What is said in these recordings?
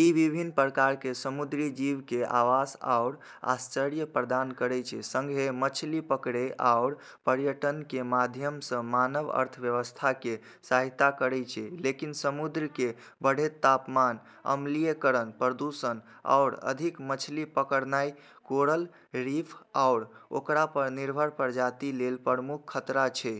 ई विभिन्न प्रकारके समुद्री जीवके आवास आओर आश्रय प्रदान करै छै, सङ्गहेँ मछली पकड़ै आओर पर्यटनके माध्यमसँ मानव अर्थव्यवस्थाके सहायता करै छै। लेकिन, समुद्र केर बढ़ैत तापमान, अम्लीकरण, प्रदूषण, आओर अधिक मछली पकड़नाइ कोरल रीफ आओर ओकरा पर निर्भर प्रजाति लेल प्रमुख खतरा छै।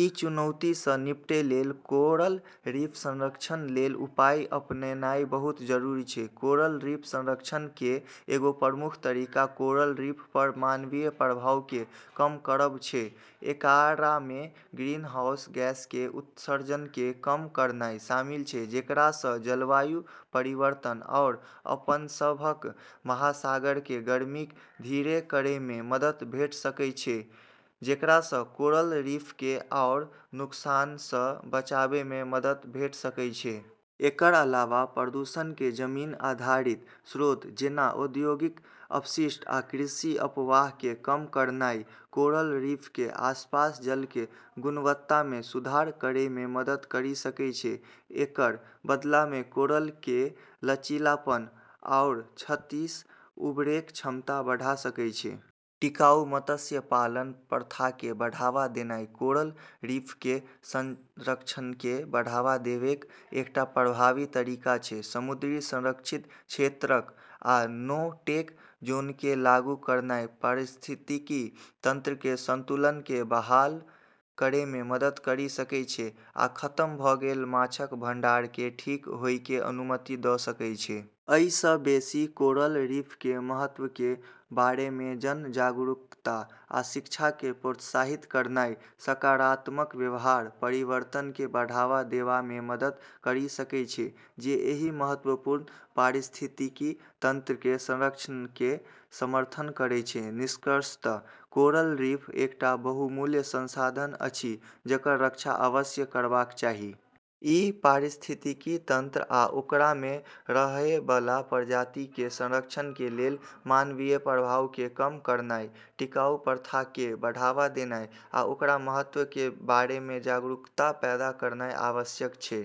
ई चुनौतिसँ निपटै लेल कोरल रीफ संरक्षण लेल उपाय अपनेनाइ बहुत जरूरी छै। कोरल रीफ संरक्षण केर एगो प्रमुख तरीका कोरल रीफ पर मानवीय प्रभावके कम करब छै। एकरामे ग्रीनहाउस गैसके उत्सर्जनके कम करनाइ शामिल छै, जेकरासँ जलवायु परिवर्तन आओर अपनसभक महासागरके गर्मीके धीरे करैमे मदद भेट सकैत सकै छै, जेकरासँ कोरल रीफके आओर नुकसानसँ बचाबैमे मदद भेट सकै छै। एकर अलावा, प्रदूषणके जमीन आधारित स्रोत, जेना औद्योगिक अपशिष्ट आ कृषि अपवाहके कम करनाइ कोरल रीफके आसपास जलके गुणवत्तामे सुधार करैमे मदद करि सकै छै। एकर बदलामे कोरल केर लचीलापन आओर क्षतिसँ उबरैक क्षमता बढ़ा सकै छै। टिकाऊ मत्स्य पालन प्रथाके बढ़ावा देनाइ कोरल रीफके संरक्षणके बढ़ावा देबैके एकटा प्रभावी तरीका छै। समुद्री संरक्षित क्षेत्रक आ नो-टेक जोनके लागू करनाइ पारिस्थितिकी तंत्रके संतुलनके बहाल करैमे मदद करि सकै छै आ खतम भ' गेल माछक भंडारके ठीक होइके अनुमति द' सकै छै। अइसँ बेशी, कोरल रीफके महत्वके बारेमे जन जागरूकता आ शिक्षाके प्रोत्साहित करनाइ सकारात्मक व्यवहार परिवर्तनके बढ़ावा देबामे मदद करि सकै छै जे एहि महत्वपूर्ण पारिस्थितिकी तंत्रके संरक्षणके समर्थन करै छै। निष्कर्षतः कोरल रीफ एकटा बहुमूल्य संसाधन अछि जकर रक्षा अवश्य करबाक चाही। ई पारिस्थितिकी तंत्र आ ओकरामे रहैबला प्रजातिके संरक्षणके लेल मानवीय प्रभावके कम करनाइ, टिकाऊ प्रथाके बढ़ावा देनाइ आ ओकर महत्वके बारेमे जागरूकता पैदा करनाइ आवश्यक छै।